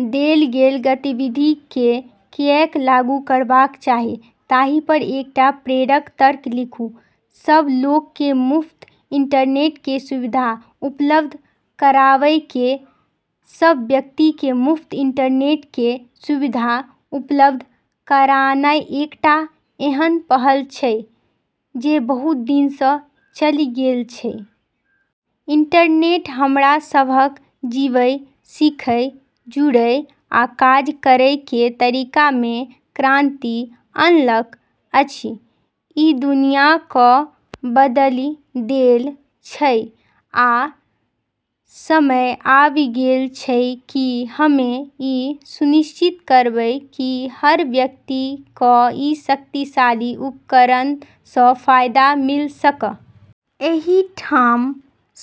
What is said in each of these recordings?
देल गेल गतिविधि कें किएक लागू करबाक चाही ताहि पर एकटा प्रेरक तर्क लिखू। सब लोक के मुफ्त इंटरनेट के सुविधा उपलब्ध कराबय के। सब व्यक्ति कें मुफ्त इंटरनेट कें सुविधा उपलब्ध करानाय एकटा एहन पहल छै जे बहुत दिन सँ चलि गेल छै। इंटरनेट हमरा सबहक जीबय, सीखय, जुड़य, आ काज करय के तरीका मे क्रांति अनलक अछि। ई दुनिया क बदली देल छै, आ समय आबि गेल छै कि हम्में ई सुनिश्चित करबै कि हर व्यक्ति क ई शक्तिशाली उपकरण सँ फायदा मिल सक। एहि ठाम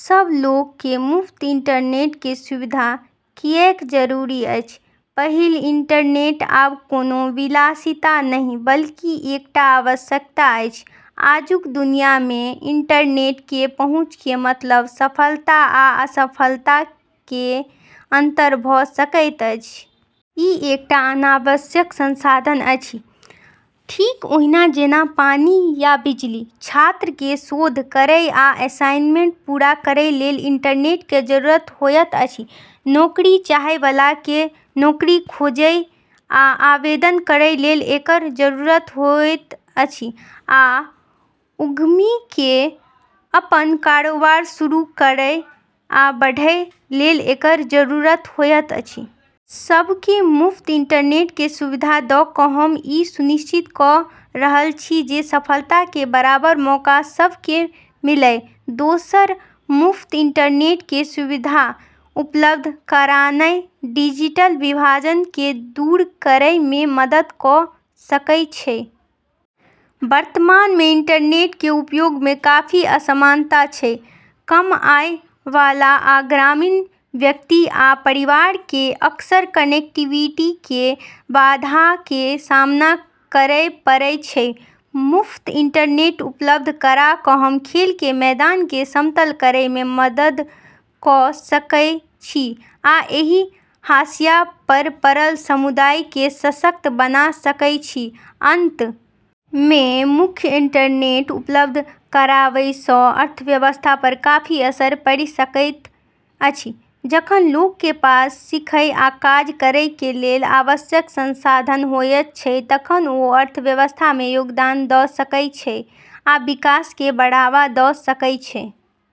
सब लोक के मुफ्त इंटरनेट के सुविधा किएक जरूरी अछि: पहिल, इंटरनेट आब कोनो विलासिता नहि, बल्कि एकटा आवश्यकता अछि। आजुक दुनिया मे इंटरनेट के पहुंच के मतलब सफलता आ असफलता के अंतर भ सकैत अछि। ई एकटा आवश्यक संसाधन अछि, ठीक ओहिना जेना पानि या बिजली। छात्र के शोध करय आ असाइनमेंट पूरा करय लेल इंटरनेट के जरूरत होएत अछि। नौकरी चाहय वाला के नौकरी खोजय आ आवेदन करय लेल एकर जरूरत होएत अछि आ उद्यमी के अपन कारोबार शुरू करय आ बढ़य लेल एकर जरूरत होएत अछि। सबके मुफ्त इंटरनेट के सुविधा द क हम ई सुनिश्चित क रहल छी जे सफलता के बराबर मौका सभ के मिलय। दोसर, मुफ्त इंटरनेट कें सुविधा उपलब्ध करानाय डिजिटल विभाजन कें दूर करय मे मदद क सकय छै। वर्तमान मे इंटरनेट कें उपयोग मे काफी असमानता छै। कम आय वाला आ ग्रामीण व्यक्ति आ परिवारक कें अक्सर कनेक्टिविटी कें बाधाक कें सामना करय पड़य छै। मुफ्त इंटरनेट उपलब्ध करा क हम खेल के मैदान के समतल करय मे मदद क सकय छी आ एहि हाशिया पर पड़ल समुदाय के सशक्त बना सकय छी। अंत मे, मुफ्त इंटरनेट उपलब्ध कराबय सं अर्थव्यवस्था पर काफी असर पड़ि सकैत अछि। जखन लोक कें पास सीखय आ काज करय कें लेल आवश्यक संसाधन होयत छै तखन ओ अर्थव्यवस्था मे योगदान द सकय छै आ विकास कें बढ़ावा द सकय छै।